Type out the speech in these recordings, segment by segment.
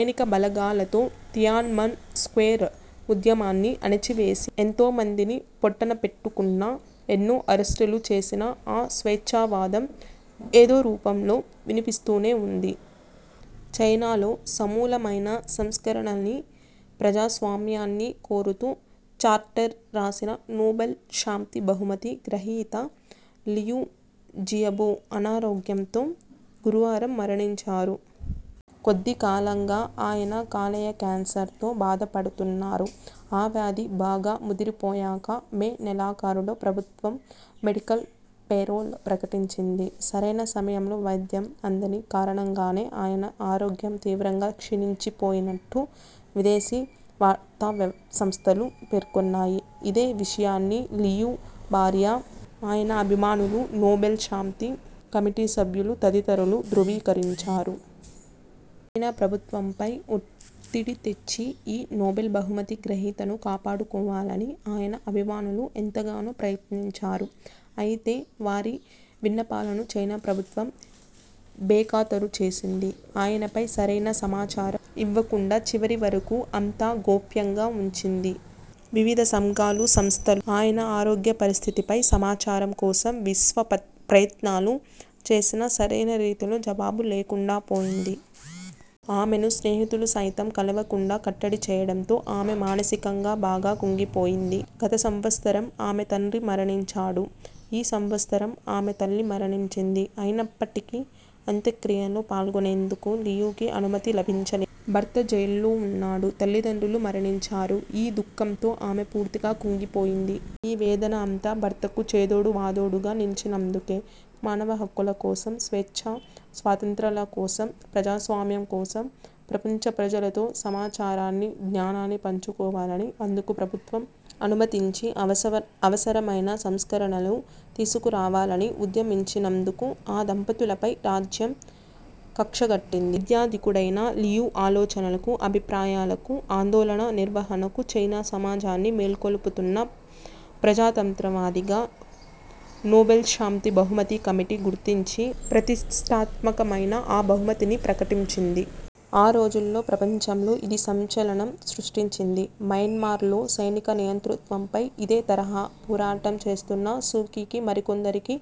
సైనికబలగాలతో Tiananmen Square ఉద్యమాన్ని అణచివేసి ఎంతోమందిని పొట్టనపెట్టుకున్నా, ఎన్నో అరెస్టులు చేసినా ఆ స్వేచ్ఛావాదం ఏదో రూపంలో వినిపిస్తూనే ఉంది. చైనాలో సమూలమైన సంస్కరణలనీ, ప్రజాస్వామ్యాన్నీ కోరుతూ 'చార్టర్ ' రాసిన నోబెల్ శాంతి బహుమతి గ్రహీత లియు జియబో అనారోగ్యంతో గురువారం మరణించారు. కొద్దికాలంగా ఆయన కాలేయ క్యాన్సర్తో బాధపడుతున్నారు. ఆ వ్యాధి బాగా ముదిరిపోయాక మే నెలాఖరులో ప్రభుత్వం మెడికల్ పేరోల్ ప్రకటించింది. సరైన సమయంలో వైద్యం అందని కారణంగానే ఆయన ఆరోగ్యం తీవ్రంగా క్షీణించిపోయినట్టు విదేశీ వార్తాసంస్థలు పేర్కొన్నాయి. ఇదే విషయాన్ని లియు భార్య, ఆయన అభిమానులు, నోబెల్ శాంతి కమిటీ సభ్యులు తదితరులు ధ్రువీకరించారు. చైనా ప్రభుత్వంపై ఒత్తిడి తెచ్చి ఈ నోబెల్ బహుమతి గ్రహీతను కాపాడుకోవాలని ఆయన అభిమానులు ఎంతగానో ప్రయత్నించారు. అయితే, వారి విన్నపాలను చైనా ప్రభుత్వం బేఖాతరు చేసింది. ఆయనపై సరైన సమాచారం ఇవ్వకుండా చివరివరకూ అంతా గోప్యంగా ఉంచింది. వివిధ సంఘాలు–సంస్థలు ఆయన ఆరోగ్యపరిస్థితిపై సమాచారం కోసం విశ్వప్రయత్నాలు చేసినా సరైన రీతిలో జవాబు లేకుండాపోయింది. ఆమెను స్నేహితులు సైతం కలువకుండా కట్టడి చేయడంతో ఆమె మానసికంగా బాగా కుంగిపోయింది. గత సంవత్సరం ఆమె తండ్రి మరణించాడు. ఈ సంవత్సరం ఆమె తల్లి మరణించింది. అయినప్పటికీ అంత్యక్రియల్లో పాల్గొనేందుకు లియుకు అనుమతి లభించలేదు. భర్త జైల్లో ఉన్నాడు, తల్లిదండ్రులు మరణించారు. ఈ దుఃఖంతో ఆమె పూర్తిగా కుంగిపోయింది. ఈ వేదన అంతా భర్తకు చేదోడువాదోడుగా నిలిచినందుకే. మానవ హక్కులకోసం, స్వేచ్ఛస్వాతంత్ర్యాల కోసం, ప్రజాస్వామ్యం కోసం, ప్రపంచ ప్రజలతో సమాచారాన్ని, జ్ఞానాన్ని పంచుకోవాలని, అందుకు ప్రభుత్వం అనుమతించి అవసరమైన సంస్కరణలు తీసుకురావాలని ఉద్యమించినందుకు ఆ దంపతులపై 'రాజ్యం' కక్షగట్టింది. విద్యాధికుడైన లియు ఆలోచనలకు, అభిప్రాయాలకు, ఆందోళన నిర్వహణకు, చైనా సమాజాన్ని మేల్కొల్పుతున్న ప్రజాతంత్రవాదిగా నోబెల్శాంతి బహుమతి కమిటీ గుర్తించి ప్రతిష్ఠాత్మకమైన ఆ బహుమతిని ప్రకటించింది. ఆ రోజుల్లో ప్రపంచంలో ఇది సంచలనం సృష్టించింది. మైన్మార్లో సైనిక నియంతృత్వంపై ఇదే తరహా పోరాటం చేస్తున్న సూకీకి మరికొందరికి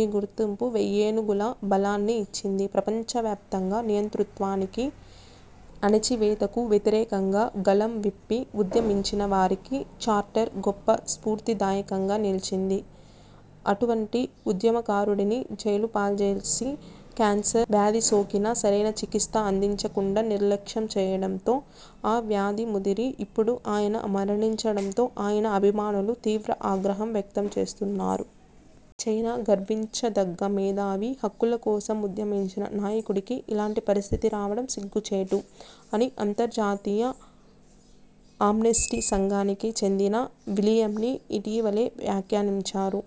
ఈ గుర్తింపు వెయ్యేనుగుల బలాన్ని ఇచ్చింది. ప్రపంచవ్యాప్తంగా నియంతృత్వానికి, అణచివేతకు వ్యతిరేకంగా గళం విప్పి ఉద్యమించినవారికి 'చార్టర్ ' గొప్ప స్ఫూర్తిదాయకంగా నిలిచింది. అటువంటి ఉద్యమకారుడిని జైలుపాల్జేసి, క్యాన్సర్ వ్యాధి సోకినా సరైన చికిత్స అందించకుండా నిర్లక్ష్యం చేయడంతో ఆ వ్యాధి ముదిరి, ఇప్పుడు ఆయన మరణించడంతో ఆయన అభిమానులు తీవ్ర ఆగ్రహం వ్యక్తం చేస్తున్నారు. చైనా గర్వించదగ్గ మేధావి, హక్కులకోసం ఉద్యమించిన నాయకుడికి ఇలాంటి పరిస్థితి రావడం సిగ్గుచేటు అని అంతర్జాతీయ ఆమ్నెస్టీ సంఘానికి చెందిన విలియంనీ ఇటీవలే వ్యాఖ్యానించారు.